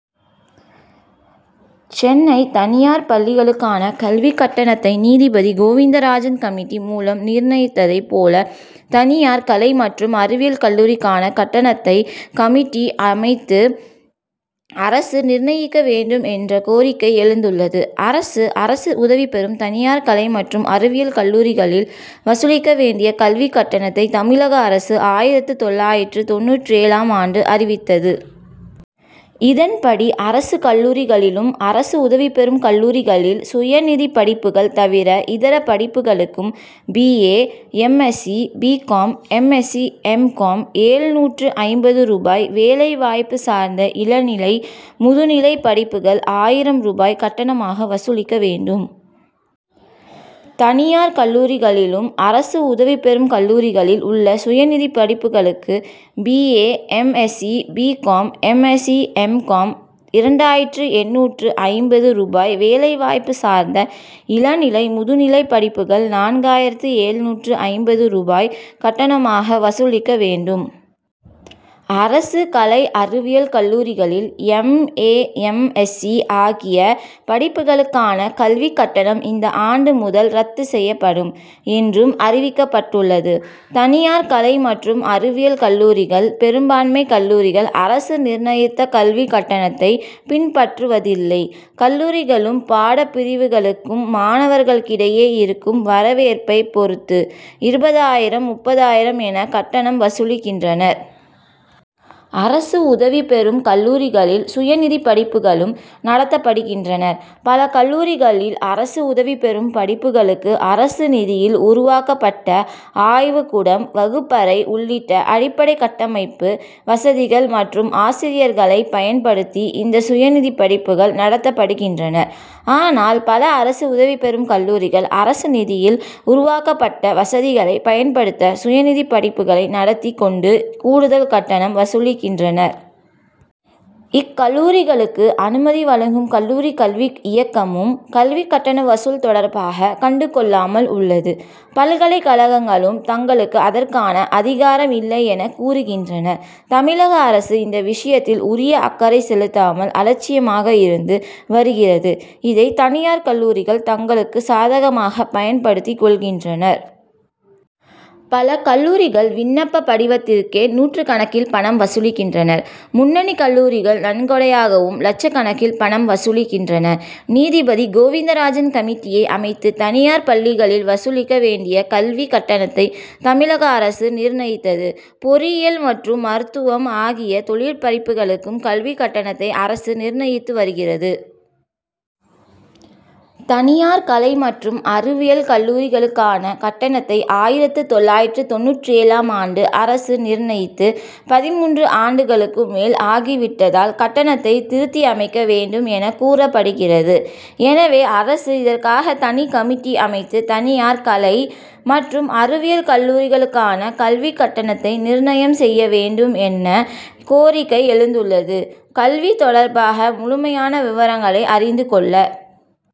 சென்னை தனியார் பள்ளிகளுக்கான கல்விக் கட்டணத்தை நீதிபதி கோவிந்தராஜன் கமிட்டி மூலம் நிர்ணயித்ததைப் போல, தனியார் கலை மற்றும் அறிவியல் கல்லூரிக்கான கட்டணத்தையும் கமிட்டியை அமைத்து அரசு நிர்ணயிக்க வேண்டும் என்ற கோரிக்கை எழுந்துள்ளது. அரசு, அரசு உதவிபெறும், தனியார் கலை மற்றும் அறிவியல் கல்லூரிகளில் வசூலிக்க வேண்டிய கல்விக் கட்டணத்தை தமிழக அரசு, ஆயிரத்து தொள்ளாயிரத்து தொண்ணூற்றேழாம் ஆண்டு அறிவித்தது. இதன்படி, அரசு கல்லூரிகளிலும், அரசு உதவிபெறும் கல்லூரிகளில் சுயநிதிப் படிப்புகள் தவிர இதர படிப்புகளுக்கும் B. A., M. S C., B. Com., M. S C., M. Com., எழுநூற்று ஐம்பது ரூபாய், வேலைவாய்ப்பு சார்ந்த இளநிலை, முதுநிலை படிப்புகள் ஆயிரம் ரூபாய் கட்டணமாக வசூலிக்க வேண்டும். தனியார் கல்லூரிகளிலும், அரசு உதவிபெறும் கல்லூரிகளில் உள்ள சுயநிதி படிப்புகளுக்கும் B. A., M. S C., B. Com., M. S C., M. Com., இரண்டாயிரத்து எண்ணூற்று ஐம்பது ரூபாய், வேலைவாய்ப்பு சார்ந்த இளநிலை, முதுநிலை படிப்புகள் நான்காயிரத்து எழுநூற்று ஐம்பது ரூபாய் கட்டணமாக வசூலிக்க வேண்டும். அரசு கலை அறிவியல் கல்லூரிகளில் எம். ஏ. எம். எஸ்சி., ஆகிய படிப்புகளுக்கான கல்விக் கட்டணம் இந்த ஆண்டு முதல் ரத்து செய்யப்படும் என்றும் அறிவிக்கப்பட்டுள்ளது. தனியார் கலை மற்றும் அறிவியல் கல்லூரிகள், பெரும்பான்மை கல்லூரிகள் அரசு நிர்ணயித்த கல்விக் கட்டணத்தை பின்பற்றுவதில்லை. கல்லூரிகளும், பாடப்பிரிவுகளும் மாணவர்களிடையே இருக்கும் வரவேற்பைப் பொறுத்து, இருபதாயிரம், முப்பதாயிரம் என கட்டணம் வசூலிக்கின்றன. அரசு உதவிபெறும் கல்லூரிகளில், சுயநிதி படிப்புகளும் நடத்தப்படுகின்றன. பல கல்லூரிகளில் அரசு உதவிபெறும் படிப்புகளுக்கு அரசு நிதியில் உருவாக்கப்பட்ட ஆய்வுக்கூடம், வகுப்பறை உள்ளிட்ட அடிப்படை கட்டமைப்பு வசதிகள் மற்றும் ஆசிரியர்களை பயன்படுத்தி, இந்த சுயநிதிப் படிப்புகள் நடத்தப்படுகின்றன. ஆனால், பல அரசு உதவிபெறும் கல்லூரிகள், அரசு நிதியில் உருவாக்கப்பட்ட வசதிகளை பயன்படுத்தி சுயநிதி படிப்புகளை நடத்திக் கொண்டு கூடுதல் கட்டணம் வசூலிக்கின்றன. இக்கல்லூரிகளுக்கு அனுமதி வழங்கும் கல்லூரிக் கல்வி இயக்ககமும் கல்விக் கட்டண வசூல் தொடர்பாக கண்டுகொள்ளாமல் உள்ளது. பல்கலைக் கழகங்களும் தங்களுக்கு அதற்கான அதிகாரம் இல்லை என கூறுகின்றன. தமிழக அரசு இந்த விஷயத்தில் உரிய அக்கறை செலுத்தாமல், அலட்சியமாக இருந்து வருகிறது. இதை தனியார் கல்லூரிகள் தங்களுக்கு சாதகமாக பயன்படுத்திக் கொள்கின்றனர். பல கல்லூரிகள் விண்ணப்பப் படிவத்திற்கே, நூற்றுக்கணக்கில் பணம் வசூலிக்கின்றன. முன்னணி கல்லூரிகள் நன்கொடையாகவும் லட்சக்கணக்கில் பணம் வசூலிக்கின்றன. நீதிபதி கோவிந்தராஜன் கமிட்டியை அமைத்து, தனியார் பள்ளிகளில் வசூலிக்க வேண்டிய கல்விக் கட்டணத்தை தமிழக அரசு நிர்ணயித்தது. பொறியியல், மருத்துவம் ஆகிய தொழிற்படிப்புகளுக்கும் கல்விக் கட்டணத்தை அரசு நிர்ணயித்து வருகிறது. தனியார் கலை மற்றும் அறிவியல் கல்லூரிகளுக்கான கட்டணத்தை ஆயிரத்து தொள்ளாயிரத்து தொண்ணூற்றேழாம் ஆண்டு அரசு நிர்ணயித்து, பதின்மூன்று ஆண்டுகளுக்கும் மேல் ஆகிவிட்டதால், கட்டணத்தை திருத்தியமைக்க வேண்டும் என கூறப்படுகிறது. எனவே அரசு இதற்காக தனிக் கமிட்டி அமைத்து, தனியார் கலை மற்றும் அறிவியல் கல்லூரிகளுக்கான கல்விக் கட்டணத்தை நிர்ணயம் செய்ய வேண்டும் என்ற கோரிக்கை எழுந்துள்ளது. கல்வி தொடர்பாக முழுமையான விவரங்களை அறிந்து கொள்ள